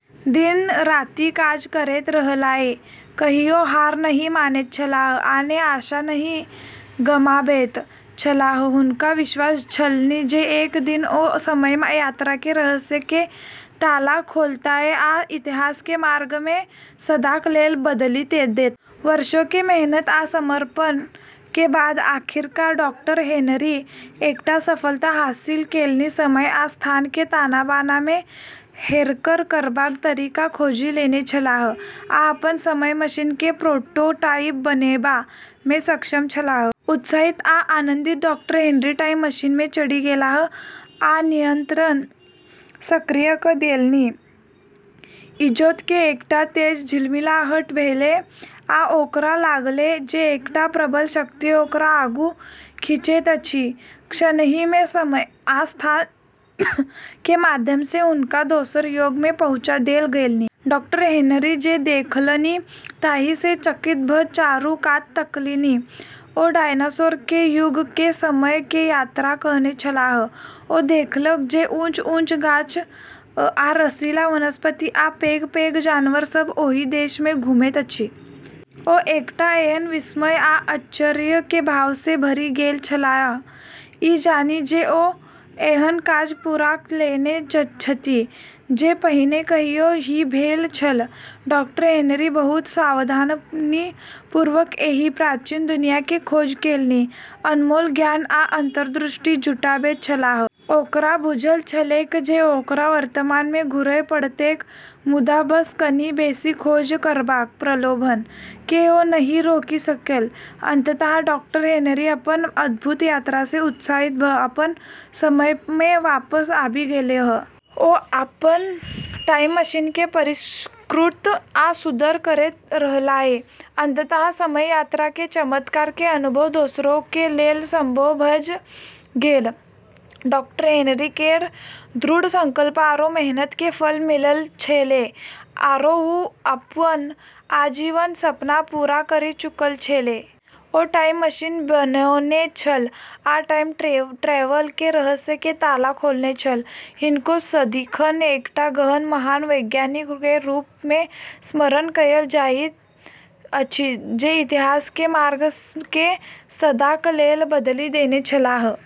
दिन-राति काज करैत रहलाह, कहियो हार नहि मानैत छलाह आ ने आशा नहि गमाबैत छलाह। हुनका विश्वास छलनि जे एक दिन ओ समय यात्रा के रहस्य के ताला खोलताह आ इतिहास के मार्ग केँ सदाक लेल बदलि देताह। वर्षों के मेहनत आ समर्पण के बाद आखिरकार डॉ. हेनरी एकटा सफलता हासिल केलनि। समय आ स्थान के ताना-बाना मे हेरफेर करबाक तरीका खोजि लेने छलाह, आ अपन समय मशीन के प्रोटोटाइप बनेबा मे सक्षम छलाह। उत्साहित आ आनन्दित डॉ. हेनरी टाइम मशीन मे चढ़ि गेलाह आ नियंत्रण सक्रिय क' देलनि। इजोत के एकटा तेज झिलमिलाहट भेलै आ ओकरा लागलै जे एकटा प्रबल शक्ति ओकरा आगू खींचैत अछि। क्षणहि मे समय आ स्थान के माध्यम से हुनका दोसर युग मे पहुँचा देल गेलनि। डॉ. हेनरी जे देखलनि ताहि सँ चकित भ' चारू कात तकलनि। ओ डायनासोर के युग के समय के यात्रा कएने छलाह। ओ देखलक जे ऊँच-ऊँच गाछ आ रसीला वनस्पति आ पैघ-पैघ जानवर सब ओहि देश मे घुमैत अछि। ओ एकटा एहन विस्मय आ आश्चर्य के भाव सँ भरि गेल छलाह, ई जानि जे ओ एहन काज पूरा क' लेने छथि जे पहिने कहियो नहि भेल छल। डॉ. हेनरी बहुत सावधानीपूर्वक एहि प्राचीन दुनिया के खोज केलनि, अनमोल ज्ञान आ अंतर्दृष्टि जुटाबैत छलाह। ओकरा बुझल छलैक जे ओकरा वर्तमान मे घुरय पड़तैक, मुदा बस कनि बेसी खोज करबाक प्रलोभन केँ ओ नहि रोकि सकल। अंततः डॉ. हेनरी अपन अद्भुत यात्रा सँ उत्साहित भऽ अपन समय मे वापस आबि गेलाह। ओ अपन टाइम मशीन के परिष्कृत आ सुधार करैत रहलाह, अंततः समय यात्रा के चमत्कार के अनुभव दोसरों के लेल संभव भऽ गेल। डॉ. हेनरी केर दृढ़ संकल्प आरो मेहनत के फल मिललऽ छेलै, आरो वू अपन आजीवन सपना पूरा करी चुकलऽ छेलै। ओ टाइम मशीन बनौने छल, आ टाइम ट्रैवल के रहस्य के ताला खोलने छल। हिनका सदिखन एकटा एहन महान वैज्ञानिक के रूप मे स्मरण कयल जाइत अछि जे इतिहास के मार्ग केँ सदाक लेल बदलि देने छलाह।